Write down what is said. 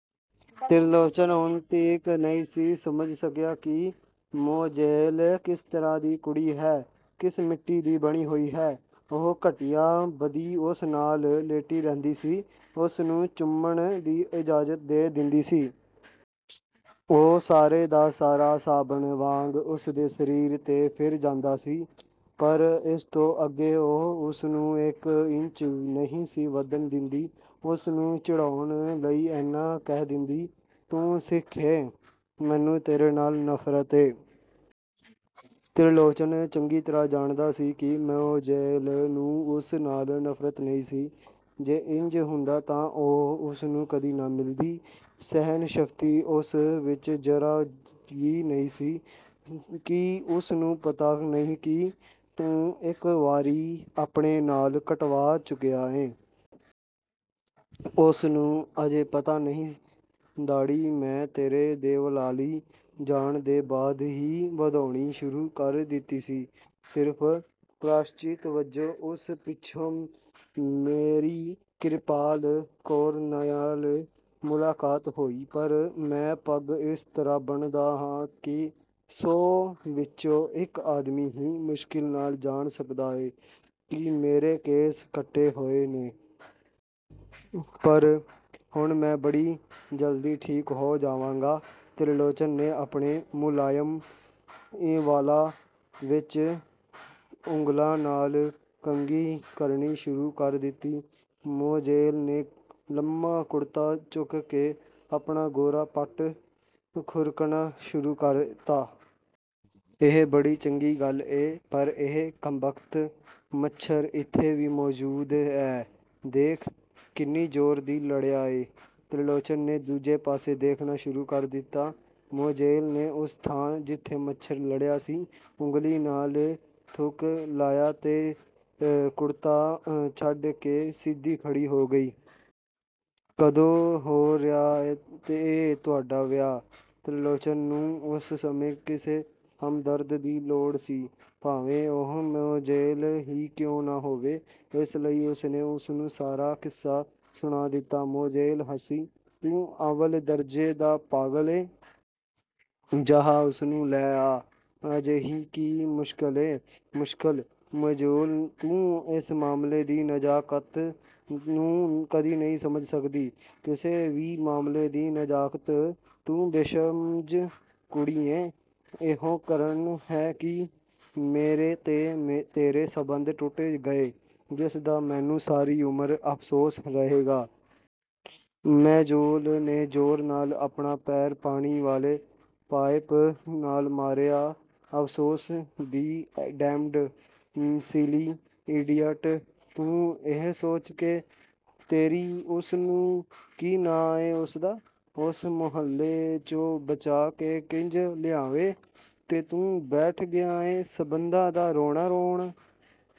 ਤਿਰਲੋਚਨ ਹੁਣ ਤੀਕ ਨਹੀਂ ਸੀ ਸਮਝ ਸਕਿਆ ਕਿ ਮੋਜ਼ੇਲ ਕਿਸ ਤਰ੍ਹਾਂ ਦੀ ਕੁੜੀ ਹੈ। ਕਿਸ ਮਿੱਟੀ ਦੀ ਬਣੀ ਹੋਈ ਹੈ। ਉਹ ਘੰਟਿਆਂ ਬੱਧੀ ਉਸ ਨਾਲ ਲੇਟੀ ਰਹਿੰਦੀ ਸੀ, ਉਸਨੂੰ ਚੁੰਮਣ ਦੀ ਇਜਾਜ਼ਤ ਦੇ ਦਿੰਦੀ ਸੀ। ਉਹ ਸਾਰੇ ਦਾ ਸਾਰਾ ਸਾਬਨ ਵਾਂਗ ਉਸਦੇ ਸਰੀਰ 'ਤੇ ਫਿਰ ਜਾਂਦਾ ਸੀ, ਪਰ ਇਸ ਤੋਂ ਅੱਗੇ ਉਹ ਉਸਨੂੰ ਇਕ ਇੰਚ ਨਹੀਂ ਸੀ ਵਧਣ ਦਿੰਦੀ। ਉਸਨੂੰ ਚਿੜਾਉਣ ਲਈ ਏਨਾ ਕਹਿ ਦਿੰਦੀ, "ਤੂੰ ਸਿੱਖ ਏਂ, ਮੈਨੂੰ ਤੇਰੇ ਨਾਲ ਨਫ਼ਰਤ ਏ। " ਤਿਰਲੋਚਨ ਚੰਗੀ ਤਰ੍ਹਾਂ ਜਾਣਦਾ ਸੀ ਕਿ ਮੋਜ਼ੇਲ ਨੂੰ ਉਸ ਨਾਲ ਨਫ਼ਰਤ ਨਹੀਂ ਸੀ। ਜੇ ਇੰਜ ਹੁੰਦਾ ਤਾਂ ਉਹ ਉਸਨੂੰ ਕਦੀ ਨਾ ਮਿਲਦੀ। ਸਹਿਣ-ਸ਼ਕਤੀ ਉਸ ਵਿਚ ਜ਼ਰਾ ਵੀ ਨਹੀਂ ਸੀ। ਕੀ ਉਸਨੂੰ ਪਤਾ ਨਹੀਂ ਕਿ ਤੂੰ ਇਕ ਵਾਰੀ ਆਪਣੇ ਵਾਲ ਕਟਵਾ ਚੁੱਕਿਆ ਏਂ? " "ਉਸਨੂੰ ਅਜੇ ਪਤਾ ਨਹੀਂ। ਦਾੜ੍ਹੀ ਮੈਂ ਤੇਰੇ ਦੇਵਲਾਲੀ ਜਾਣ ਦੇ ਬਾਅਦ ਹੀ ਵਧਾਉਣੀ ਸ਼ੁਰੂ ਕਰ ਦਿੱਤੀ ਸੀ, ਸਿਰਫ਼ ਪ੍ਰਾਸ਼ਚਿਤ ਵਜੋਂ। ਉਸ ਪਿੱਛੋਂ ਮੇਰੀ ਕਿਰਪਾਲ ਕੌਰ ਨਾਲ ਮੁਲਾਕਾਤ ਹੋਈ। ਪਰ ਮੈਂ ਪੱਗ ਇਸ ਤਰ੍ਹਾਂ ਬੰਨ੍ਹਦਾ ਆਂ ਕਿ ਸੌ ਵਿਚੋਂ ਇਕ ਆਦਮੀ ਹੀ ਮੁਸ਼ਕਲ ਨਾਲ ਜਾਣ ਸਕਦਾ ਏ ਕਿ ਮੇਰੇ ਕੇਸ ਕੱਟੇ ਹੋਏ ਨੇ। ਪਰ ਹੁਣ ਮੈਂ ਬੜੀ ਜਲਦੀ ਠੀਕ ਹੋ ਜਾਵਾਂਗਾ। " ਤਿਰਲੋਚਨ ਨੇ ਆਪਣੇ ਮੁਲਾਇਮ ਵਾਲਾਂ ਵਿਚ ਉਂਗਲਾਂ ਨਾਲ ਕੰਘੀ ਕਰਨੀ ਸ਼ੁਰੂ ਕਰ ਦਿੱਤੀ। ਮੋਜ਼ੇਲ ਨੇ ਲੰਮਾ ਕੁੜਤਾ ਚੁੱਕ ਕੇ ਆਪਣਾ ਗੋਰਾ ਪੱਟ ਖੁਰਕਣਾ ਸ਼ੁਰੂ ਕੀਤਾ। "ਇਹ ਬੜੀ ਚੰਗੀ ਗੱਲ ਏ, ਪਰ ਇਹ ਕੰਬਖਤ ਮੱਛਰ ਇੱਥੇ ਵੀ ਮੌਜ਼ੂਦ ਐ। ਦੇਖ, ਕਿੰਨੀ ਜ਼ੋਰ ਦੀ ਲੜਿਆ ਏ! " ਤਿਰਲੋਚਨ ਨੇ ਦੂਜੇ ਪਾਸੇ ਦੇਖਣਾ ਸ਼ੁਰੂ ਕਰ ਦਿੱਤਾ। ਮੋਜ਼ੇਲ ਨੇ ਉਸ ਥਾਂ ਜਿੱਥੇ ਮੱਛਰ ਲੜਿਆ ਸੀ, ਉਂਗਲੀ ਨਾਲ ਥੁੱਕ ਲਾਇਆ ਤੇ ਕੁੜਤਾ ਛੱਡ ਕੇ ਸਿੱਧੀ ਖੜ੍ਹੀ ਹੋ ਗਈ। "ਕਦੋਂ ਹੋ ਰਿਹਾ ਏ ਤੁਹਾਡਾ ਵਿਆਹ? " ਤਿਰਲੋਚਨ ਨੂੰ ਉਸ ਸਮੇਂ ਕਿਸੇ ਹਮਦਰਦ ਦੀ ਲੋੜ ਸੀ, ਭਾਵੇਂ ਉਹ ਮੋਜ਼ੇਲ ਹੀ ਕਿਉਂ ਨਾ ਹੋਵੇ। ਇਸ ਲਈ ਉਸਨੇ ਉਸਨੂੰ ਸਾਰਾ ਕਿੱਸਾ ਸੁਣਾ ਦਿੱਤਾ। ਮੋਜ਼ੇਲ ਹੱਸੀ, "ਤੂੰ ਅੱਵਲ ਦਰਜ਼ੇ ਦਾ ਪਾਗਲ ਏਂ। ਜਾਹ, ਉਸਨੂੰ ਲੈ ਆ, ਅਜਿਹੀ ਕੀ ਮੁਸ਼ਕਿਲ ਏ? " "ਮੁਸ਼ਕਿਲ! ਮੋਜ਼ੇਲ ਤੂੰ ਇਸ ਮਾਮਲੇ ਦੀ ਨਜ਼ਾਕਤ ਨੂੰ ਕਦੀ ਨਹੀਂ ਸਮਝ ਸਕਦੀ। ਕਿਸੇ ਵੀ ਮਾਮਲੇ ਦੀ ਨਜ਼ਾਕਤ, ਤੂੰ ਬੇਸ਼ਮਝ ਕੁੜੀ ਏਂ। ਇਹੋ ਕਾਰਨ ਹੈ ਕਿ ਮੇਰੇ ਤੇ ਤੇਰੇ ਸੰਬੰਧ ਟੁੱਟ ਗਏ, ਜਿਸਦਾ ਮੈਨੂੰ ਸਾਰੀ ਉਮਰ ਅਫ਼ਸੋਸ ਰਹੇਗਾ। " ਮੋਜ਼ੇਲ ਨੇ ਜ਼ੋਰ ਨਾਲ ਆਪਣਾ ਪੈਰ ਪਾਣੀ ਵਾਲੇ ਪਾਈਪ ਨਾਲ ਮਾਰਿਆ, "ਅਫ਼ਸੋਸ ਬੀ ਡੈਮਡ—ਸਿਲੀ, ਈਡੀਅਟ! ਤੂੰ ਇਹ ਸੋਚ ਕਿ ਤੇਰੀ ਉਸਨੂੰ, ਕੀ ਨਾਂ ਏਂ ਉਸਦਾ, ਉਸ ਮੁਹੱਲੇ 'ਚੋਂ ਬਚਾ ਕੇ ਕਿੰਜ ਲਿਆਵੇਂ, ਤੇ ਤੂੰ ਬੈਠ ਗਿਆ ਏਂ ਸੰਬੰਧਾਂ ਦਾ ਰੋਣਾ-ਰੋਣ।